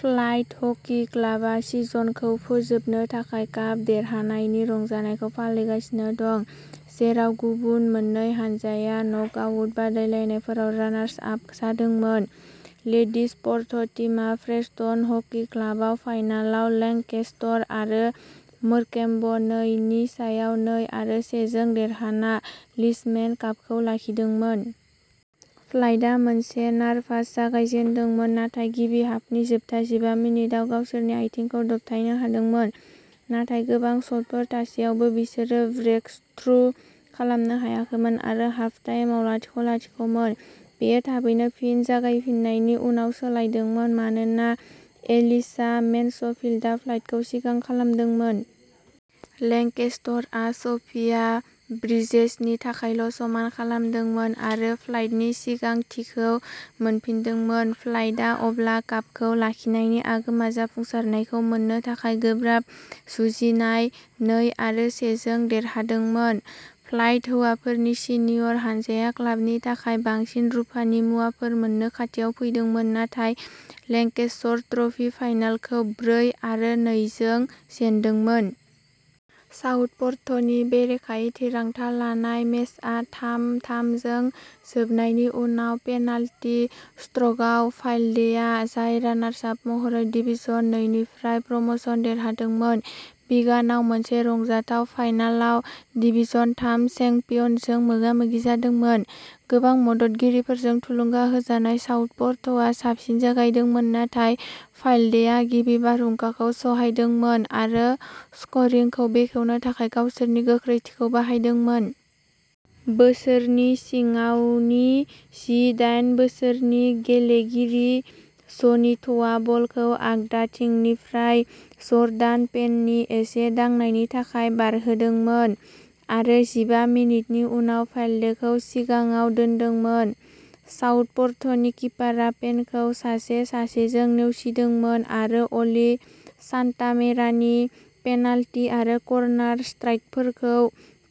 Filed hockey क्लाबआ सिजनखौ फोजोबनो थाखाय काप देरहानायनि रंजानायखौ फालिगासिनो दं, जेराव गुबुन मोन्नै हानजाया नकआउट बादायलायनायफोराव रानार्स आप जादोंमोन। लेडिज फर्थ टीमआ प्रेस्टन हकि क्लाबआव फाइनालाव लेंकेस्टर आरो मोरकेम्ब नै नि सायाव नै आरो से जों देरहाना लिशमेन कापखौ लाखिदोंमोन। फाइल्डआ मोनसे नारभास जागायजेन्दोंमोन नाथाय गिबि हाफनि जोबथा जिबा मिनिटआव गावसोरनि आथिंखौ दबथायनो हादोंमोन। नाथाय गोबां शटफोर थासेयावबो बिसोरो ब्रेकथ्रु खालामनो हायाखैमोन आरो हाफटाइमआव लाथिख'-लाथिख' मोन। बेयो थाबैनो फिन जागायफिन्नायनि उनाव सोलायदोंमोन मानोना एलिशा मेन्सफील्डआ फाइल्डखौ सिगां खालामदोंमोन। लेंकेस्टरआ सोफिया ब्रिजेसनि थाखायल' समान खालामदोंमोन आरो फाइल्डनि सिगांथिखौ मोनफिनदोंमोन। फाइल्डआ अब्ला कापखौ लाखिनायनि आगोमा जाफुंसारनायखौ मोन्नो थाखाय गोब्राब जुजिनाय नै आरो से जों देरहादोंमोन। फाइल्ड हौवाफोरनि सिनियर हानजाया क्लाबनि थाखाय बांसिन रुफानि मुवाफोर मोननो खाथियाव फैदोंमोन नाथाय लेंकेशर ट्रफी फाइनालखौ ब्रै आरो नै जों जेनदोंमोन। साउथपर्टनि बेरेखायै थिरांथा लानाय मेचआ थाम-थाम जों जोबनायनि उनाव पेनाल्टि स्ट्र'कआव फायल्डेआ, जाय रानार्स आप महरै डिवीजन नैनिफ्राय प्रम'शन देरहादोंमोन, विगानाव मोनसे रंजाथाव फाइनालाव डिवीजन थाम चेम्पियनजों मोगा मोगि जादोंमोन। गोबां मददगिरिफोरजों थुलुंगा होजानाय, साउथपर्टआ साबसिन जागायदोंमोन नाथाय फायल्डेआ गिबि बारहुंखाखौ सहायदोंमोन आरो स्क'रिंखौ बेखेवनो थाखाय गावसोरनि गोख्रैथिखौ बाहायदोंमोन। बोसोरनि सिङावनि जि दाइन बोसोरनि गेलेगिरि ज'निथआ बलखौ आगदाथिंनिफ्राय जर्डान पेननि एसे दांनायनि थाखाय बारहोदोंमोन आरो जिबा मिनिटनि उनाव फायल्डेखौ सिगाङाव दोनदोंमोन। साउथपर्टनि किपारआ पेनखौ सासे सासेजों नेवसिदोंमोन आरो अलि सान्टामेरानि पेनाल्टि कर्नार स्ट्राइकफोरखौ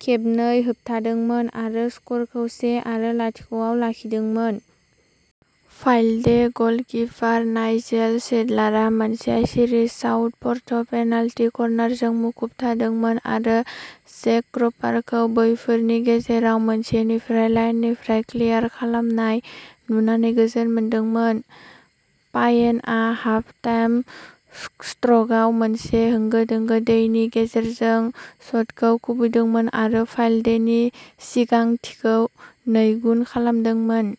खेबनै होबथादोंमोन आरो स्क'रखौ से आरो लाथिख' आव लाखिदोंमोन। फायल्डे गलकिपार नाइजेल सेडलारआ मोनसे सिरिज साउथपोर्ट पेनाल्टि कर्नारजों मुखुब थादोंमोन आरो जेक क्र'पारखौ बैफोरनि गेजेराव मोनसेनिफ्राय लाइननिफ्राय क्लियार खालामनाय नुनानै गोजोन मोनदोंमोन। पायनेआ हाफ टाइम स्ट्र'कआव मोनसे होंगो दोंगो डीनि गेजेरजों शटखौ खुबैदोंमोन आरो फायल्डेनि सिगांथिखौ नैगुन खालामदोंमोन।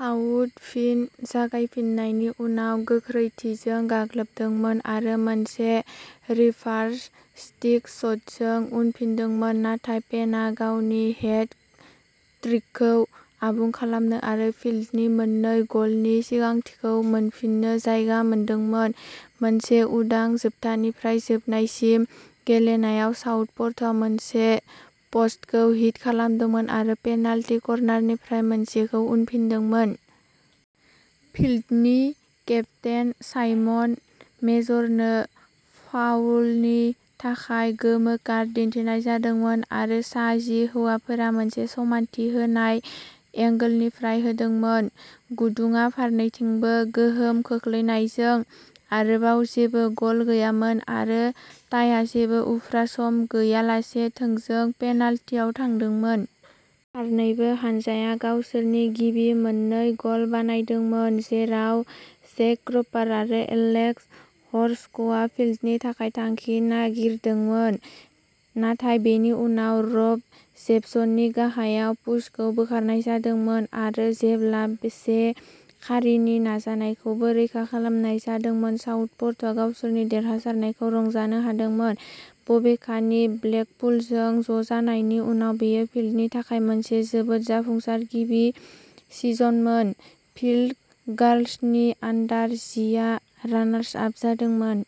साउथ फिन जागायफिन्नायनि उनाव गोख्रैथिजों गाग्लोबदोंमोन आरो मोनसे रिभार्स स्टिक शटजों उनफिनदोंमोन, नाथाय पेनआ गावनि हेट ट्रिकखौ आबुं खालामनो आरो फिल्डनि मोननै ग'लनि सिगांथिखौ मोनफिननो जायगा मोनदोंमोन। मोनसे उदां, जोबथानिफ्राय जोबनायसिम गेलेनायाव साउथप'र्टआ मोनसे प'स्टखौ हिट खालामदोंमोन आरो पेनाल्टी कर्नारनिफ्राय मोनसेखौ उनफिनदोंमोन। फिल्डनि केप्तेन साइमन मेजरनो फाउलनि थाखाय गोमो कार्ड दिन्थिनाय जादोंमोन आरो सा जि हौवाफोरा मोनसे समानथि होनाय एंगलनिफ्राय होदोंमोन। गुदुंआ फारनैथिंबो गोहोम खोख्लैनायजों, आरोबाव जेबो गल गैयामोन आरो टाइआ जेबो उफ्रा सम गैयालासे थोंजों पेनाल्टीआव थांदोंमोन। फारनैबो हानजाया गावसोरनि गिबि मोननै गल बानायदोंमोन, जेराव जैक क्रपार आरो एलेक्स हर'क्सआ फिल्डनि थाखाय थांखि नागिरदोंमोन, नाथाय बेनि उनाव रब जेपसननि गाहाय पुशखौ बोखारनाय जादोंमोन। आरो जेब्ला जे कारिनि नाजानायखौबो रैखा खालामनाय जादोंमोन, साउथप'र्टआ गावसोरनि देरहासारनायखौ रंजानो हादोंमोन, बबेखानि ब्लेकपुलजों ज'जानायनि उनाव बेयो फिल्डनि थाखाय मोनसे जोबोद जाफुंसार गिबि सिजनमोन। फिल्द गार्ल्सनि आन्डार जि आ रानार्स आप जादोंमोन।